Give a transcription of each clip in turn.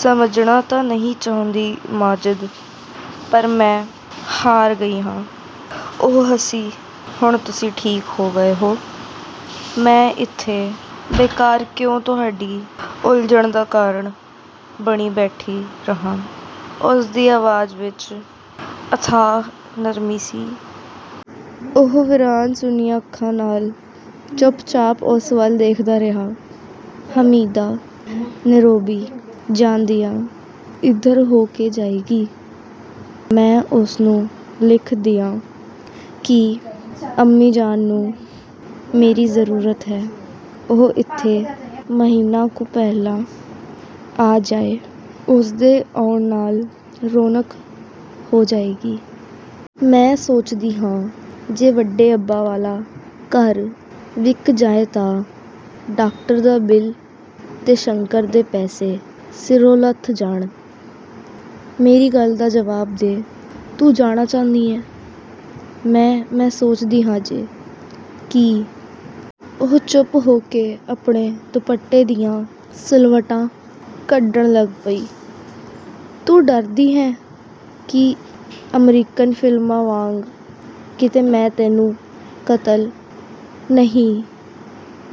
"ਸਮਝਣਾ ਤਾਂ ਨਹੀਂ ਚਾਹੁੰਦੀ ਮਾਜਿਦ, ਪਰ ਮੈਂ ਹਾਰ ਗਈ ਹਾਂ।" ਉਹ ਹੱਸੀ, "ਹੁਣ ਤੁਸੀਂ ਠੀਕ ਹੋ ਗਏ ਹੋ, ਮੈਂ ਇੱਥੇ ਬੇਕਾਰ ਕਿਉਂ ਤੁਹਾਡੀ ਉਲਝਣ ਦਾ ਕਾਰਨ ਬਣੀ ਬੈਠੀ ਰਹਾਂ?" ਉਸਦੀ ਆਵਾਜ਼ ਵਿੱਚ ਅਥਾਹ ਨਰਮੀ ਸੀ। ਉਹ ਵੀਰਾਨ-ਸੁੰਨੀਆਂ ਅੱਖਾਂ ਨਾਲ ਚੁੱਪਚਾਪ ਉਸ ਵੱਲ ਦੇਖਦਾ ਰਿਹਾ। "ਹਮੀਦਾ ਨੇਰੋਬੀ ਜਾਂਦਿਆਂ ਇੱਧਰ ਹੋ ਕੇ ਜਾਏਗੀ। ਮੈਂ ਉਸਨੂੰ ਲਿਖ ਦਿਆਂ ਕਿ ਅੰਮੀ ਜਾਨ ਨੂੰ ਮੇਰੀ ਜ਼ਰੂਰਤ ਹੈ, ਉਹ ਇੱਥੇ ਮਹੀਨਾ ਕੁ ਪਹਿਲਾਂ ਆ ਜਾਏ, ਉਸਦੇ ਆਉਣ ਨਾਲ ਰੌਣਕ ਹੋ ਜਾਏਗੀ।" ਮੈਂ ਸੋਚਦੀ ਹਾਂ ਜੇ ਵੱਡੇ ਅੱਬਾ ਵਾਲਾ ਘਰ ਵਿਕ ਜਾਏ ਤਾਂ ਡਾਕਟਰ ਦਾ ਬਿੱਲ ਤੇ ਸ਼ੰਕਰ ਦੇ ਪੈਸੇ ਸਿਰੋਂ ਲੱਥ ਜਾਣ।" "ਮੇਰੀ ਗੱਲ ਦਾ ਜਵਾਬ ਦੇ, ਤੂੰ ਜਾਣਾ ਚਾਹੁੰਦੀ ਹੈਂ?" "ਮੈਂ-ਮੈਂ ਸੋਚਦੀ ਹਾਂ ਜੇ," "ਕੀ?" ਉਹ ਚੁੱਪ ਹੋ ਕੇ ਆਪਣੇ ਦੁਪੱਟੇ ਦੀਆਂ ਸਿਲਵਟਾਂ ਕੱਢਣ ਲੱਗ ਪਈ। "ਤੂੰ ਡਰਦੀ ਹੈਂ ਕਿ ਅਮਰੀਕਨ ਫ਼ਿਲਮਾਂ ਵਾਂਗ ਕਿਤੇ ਮੈਂ ਤੈਨੂੰ ਕਤਲ" "ਨਹੀਂ,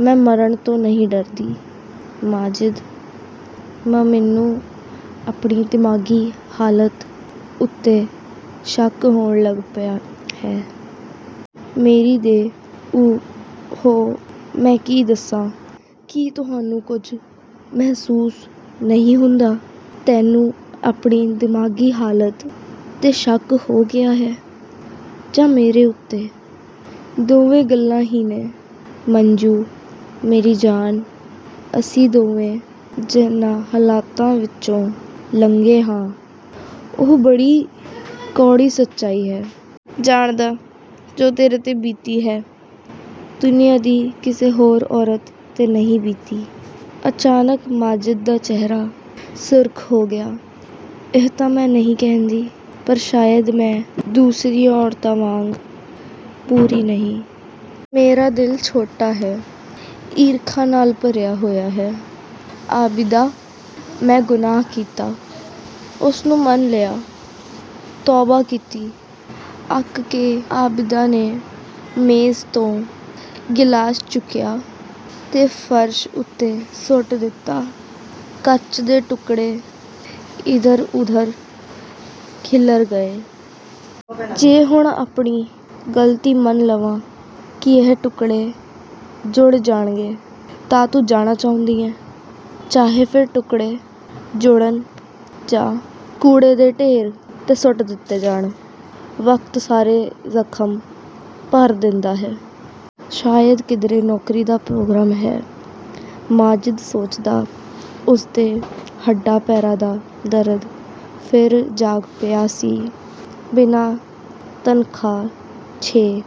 ਮੈਂ ਮਰਨ ਤੋਂ ਨਹੀਂ ਡਰਦੀ ਮਾਜਿਦ, ਮ-ਮੈਨੂੰ ਆਪਣੀ ਦਿਮਾਗ਼ੀ ਹਾਲਤ ਉੱਤੇ ਸ਼ੱਕ ਹੋਣ ਲੱਗ ਪਿਆ ਹੈ। ਮੇਰੀ ਦੇਹ, ਓ-ਹੋ, ਮੈਂ ਕੀ ਦੱਸਾਂ। ਕੀ ਤੁਹਾਨੂੰ ਕੁਝ ਮਹਿਸੂਸ ਨਹੀਂ ਹੁੰਦਾ?" "ਤੈਨੂੰ ਆਪਣੀ ਦਿਮਾਗ਼ੀ ਹਾਲਤ 'ਤੇ ਸ਼ੱਕ ਹੋ ਗਿਆ ਹੈ, ਜਾਂ ਮੇਰੇ ਉੱਤੇ?" "ਦੋਵੇਂ ਗੱਲਾਂ ਹੀ ਨੇ। ਮੱਜੂ ਮੇਰੀ ਜਾਨ ਅਸੀਂ ਦੋਵੇਂ ਜਿਹਨਾਂ ਹਾਲਤਾਂ ਵਿੱਚੋਂ ਲੰਘੇ ਹਾਂ, ਉਹ ਬੜੀ ਕੌੜੀ ਸਚਾਈ ਹੈ।" "ਜਾਣਦਾ, ਜੋ ਤੇਰੇ 'ਤੇ ਬੀਤੀ ਹੈ, ਦੁਨੀਆਂ ਦੀ ਕਿਸੇ ਹੋਰ ਔਰਤ 'ਤੇ ਨਹੀਂ ਬੀਤੀ।" ਅਚਾਨਕ ਮਾਜਿਦ ਦਾ ਚਿਹਰਾ ਸੁਰਖ਼ ਹੋ ਗਿਆ। "ਇਹ ਤਾਂ ਮੈਂ ਨਹੀਂ ਕਹਿੰਦੀ, ਪਰ ਸ਼ਾਇਦ ਮੈਂ ਦੂਸਰੀਆਂ ਔਰਤਾਂ ਵਾਂਗ ਪੂਰੀ ਨਹੀਂ। ਮੇਰਾ ਦਿਲ ਛੋਟਾ ਹੈ। ਈਰਖਾ ਨਾਲ ਭਰਿਆ ਹੋਇਆ ਹੈ।" "ਆਬਿਦਾ, ਮੈਂ ਗੁਨਾਹ ਕੀਤਾ, ਉਸਨੂੰ ਮੰਨ ਲਿਆ, ਤੋਬਾ ਕੀਤੀ!" ਅੱਕ ਕੇ ਆਬਿਦਾ ਨੇ ਮੇਜ਼ ਤੋਂ ਗਿਲਾਸ ਚੁੱਕਿਆ ਤੇ ਫ਼ਰਸ਼ ਉੱਤੇ ਸੁੱਟ ਦਿੱਤਾ। ਕੱਚ ਦੇ ਟੁੱਕੜੇ ਇਧਰ-ਉਧਰ ਖਿੱਲਰ ਗਏ। "ਜੇ ਹੁਣ ਮੈਂ ਆਪਣੀ ਗ਼ਲਤੀ ਮੰਨ ਲਵਾਂ, ਕੀ ਇਹ ਟੁਕੜੇ ਜੁੜ ਜਾਣਗੇ?" "ਤਾਂ ਤੂੰ ਜਾਣਾ ਚਾਹੁੰਦੀ ਹੈਂ, ਚਾਹੇ ਫਿਰ ਟੁਕੜੇ ਜੁੜਨ ਜਾਂ ਕੂੜੇ ਦੇ ਢੇਰ 'ਤੇ ਸੁੱਟ ਦਿੱਤੇ ਜਾਣ?" "ਵਕਤ ਸਾਰੇ ਜ਼ਖ਼ਮ ਭਰ ਦੇਂਦਾ ਹੈ। ਸ਼ਾਇਦ ਕਿਧਰੇ ਨੌਕਰੀ ਦਾ ਪ੍ਰੋਗਰਾਮ ਹੈ," ਮਾਜਿਦ ਸੋਚਦਾ। ਉਸਦੇ ਹੱਡਾਂ-ਪੈਰਾਂ ਦਾ ਦਰਦ ਫਿਰ ਜਾਗ ਪਿਆ ਸੀ। ਬਿਨਾਂ ਤਨਖ਼ਾਹ, ਛੇ